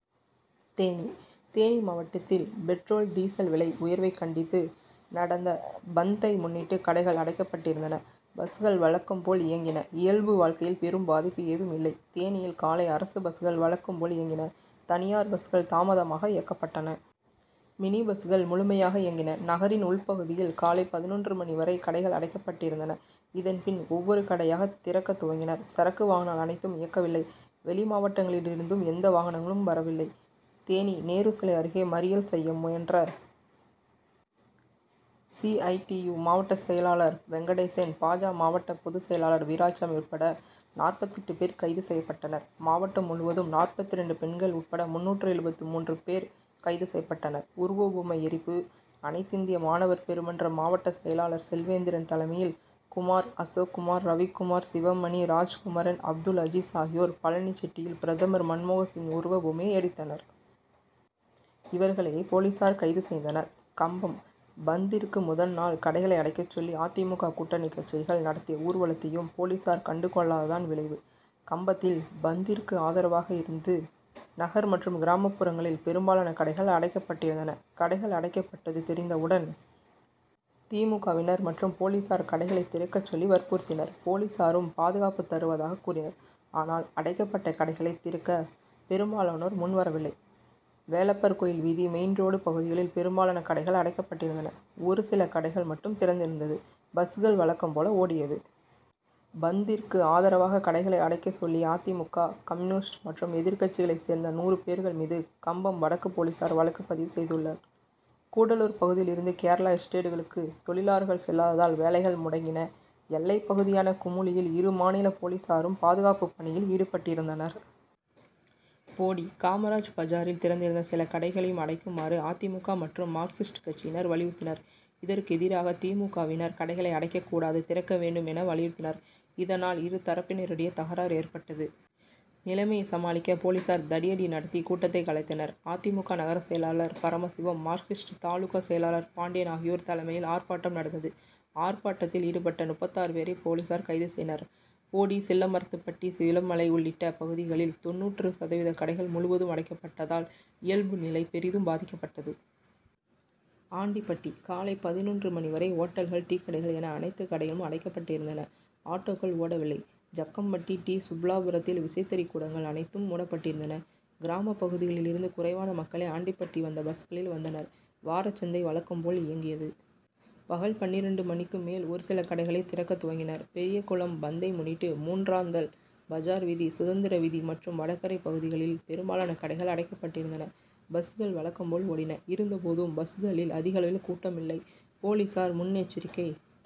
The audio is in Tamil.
தேனி தேனி மாவட்டத்தில் பெட்ரோல், டீசல் விலை உயர்வை கண்டித்து நடந்த பந்தை முன்னிட்டு கடைகள் அடைக்கப்பட்டிருந்தன. பஸ்கள் வழக்கம் போல் இயங்கின. இயல்பு வாழ்க்கையில் பெரும் பாதிப்பு ஏதும் இல்லை. தேனியில் காலை அரசு பஸ்கள் வழக்கம் போல் இயங்கின. தனியார் பஸ்கள் தாமதமாக இயக்கப்பட்டன. மினி பஸ்கள் முழுமையாக இயங் கின. நகரின் உள் பகுதியில் காலை பதினொன்று மணி வரை கடைகள் அடைக்கப் பட்டிருந்தன. இதன் பின் ஒவ்வொரு கடையாக திறக்க துவங்கினர். சரக்கு வாகனங்கள் அனைத்தும் இயக்கவில்லை. வெளிமாவட்டங்களில் இருந்தும் எந்த வாகனங்களும் வரவில்லை. தேனி நேருசிலை அருகே மறியல் செய்ய முயன்ற சி. ஐ. டி. யு., மாவட்ட செயலாளர் வெங்கடேசன், பா. ஜ., மாவட்ட பொதுச் செயலாளர் வீராச்சாமி உட்பட நாற்பத்தெட்டு பேர் கைது செய்யப்பட்டனர். மாவட்டம் முழுவதும் நாற்பத்திரண்டு பெண்கள் உட்பட முந்நூற்று எழுபத்து மூன்று பேர் கைது செய்யப்பட்டனர். உருவபொம்மை எரிப்பு அனைத் திந்திய மாணவர் பெருமன்ற மாவட்ட செயலாளர் செல்வேந்திரன் தலைமையில், குமார், அசோக்குமார், ரவிக்குமார், சிவமணி, ராஜ்குமரன், அப்துல்அஜீஸ் ஆகியோர் பழனிசெட்டியில் பிரதமர் மன்மோகன் சிங் உருவ பொம்மையை எரித்தனர். இவர்களை போலீசார் கைது செய்தனர். கம்பம் பந்திற்கு முதல் நாள் கடைகளை அடைக்க சொல்லி அ. தி. மு. க., கூட்டணிக்கட்சிகள் நடத்திய ஊர்வலத்தையும் போலீசார் கண்டுகொள்ளாததான் விளைவு, கம்பத்தில் பந்த்திற்கு ஆதரவு இருந்தது. நகர் மற்றும் கிராமப்புறங்களில் பெரும்பாலான கடைகள் அடைக்கப்பட்டிருந்தன. கடைகள் அடைக்கப்பட்டது தெரிந்தவுடன் தி. மு. க., வினர் மற்றும் போலீசார் கடைகளை திறக்கச் சொல்லி வற்புறுத்தினர். போலீசாரும் பாதுகாப்பு தருவதாக கூறினர். ஆனால் அடைக்கப்பட்ட கடைகளை திறக்க பெரும்பாலோனோர் முன்வரவில்லை. வேலப்பர் கோயில் வீதி, மெயின்ரோடு பகுதிகளில் பெரும்பாலான கடைகள் அடைக்கப்பட்டிருந்தன. ஒருசில கடைகள் மட்டும் திறந்திருந்தது. பஸ்கள் வழக்கம் போல ஓடியது. பந்திற்கு ஆதரவாக கடைகளை அடைக்கச் சொல்லிய அ. தி. மு. க., கம்யூனிஸ்ட் மற்றும் எதிர்கட்சிகளை சேர்ந்த நூறு பேர்கள் மீது கம்பம் வடக்கு போலீசார் வழக்கு பதிவு செய்துள்ளனர். கூடலூர் பகுதியில் இருந்து கேரள எஸ்டேட்டுகளுக்கு தொழிலாளர்கள் செல்லாததால் வேலைகள் முடங் கின. எல்லைப்பகுதியான குமுளியில் இரு மாநில போலீசாரும் பாதுகாப்பு பணியில் ஈடுபட்டிருந்தனர். போடி காமராஜ் பஜாரில் திறந்திருந்த சில கடைகளையும் அடைக்குமாறு அ. தி. மு. க., மற்றும் மார்க்சிஸ்ட் கட்டசியினர் வலியுறுத்தினர். இதற்கு எதிராக தி. மு. க., வினர் கடைகளை அடைக்க கூடாது, திறக்க வேண்டும் என வலியுறுத்தினர். இதனால் இரு தரப்பினரிடையே தகராறு ஏற்பட்டது. நிலைமையை சமாளிக்க போலீசார் தடியடி நடத்தி கூட்டத்தை கலைத்தனர். அ. தி. மு. க., நகர செயலாளர் பரமசிவம், மார்க்சிஸ்ட் தாலுகா செயலாளர் பாண்டியன் ஆகியோர் தலைமையில் ஆர்ப்பாட்டம் நடந்தது. ஆர்ப்பாட்டத்தில் ஈடுபட்ட முப்பத்தாறு பேரை போலீசார் கைது செய்தனர். போடி, சில்லமரத்துப்பட்டி, சிலமலை உள்ளிட்ட பகுதிகளில் தொண்ணூறு சதவீத கடைகள் முழுவதும் அடைக்கப் பட்டதால் இயல்பு நிலை பெரிதும் பாதிக்கப்பட்டது. ஆண்டிபட்டி காலை பதினொன்று மணி வரை ஓட்டல்கள், டீக்கடைகள் என அனைத்து கடைகளும் அடைக்கப் பட்டு இருந்தன. ஆட்டோக்கள் ஓடவில்லை. ஜக்கம்பட்டி டி. சுப்புலாபுரத்தில் விசைத்தறி கூடங்கள் அனைத்தும் மூடப்பட்டிருந்தன. கிராமப்பகுதிகளில் இருந்து குறைவான மக்களே ஆண்டிபட்டி வந்த பஸ்களில் வந்தனர். வாரச்சந்தை வழக்கம் போல் இயங்கியது. பகல் பன்னிரண்டு மணிக்கு மேல் ஒரு சில கடைகளை திறக்க துவங்கினர். பெரியகுளம் பந்த்தை முன்னிட்டு மூன்றாந்தல், பஜார்வீதி, சுதந்திரவீதி மற்றும் வடகரை பகுதிகளில் பெரும்பாலான கடைகள் அடைக்கப் பட்டிருந்தன. பஸ்கள் வழக்கம் போல் ஓடின. இருந்தபோதும் பஸ்களில் அதிகளவில் கூட்டம் இல்லை. போலீசார் முன்எச்சரிக்கை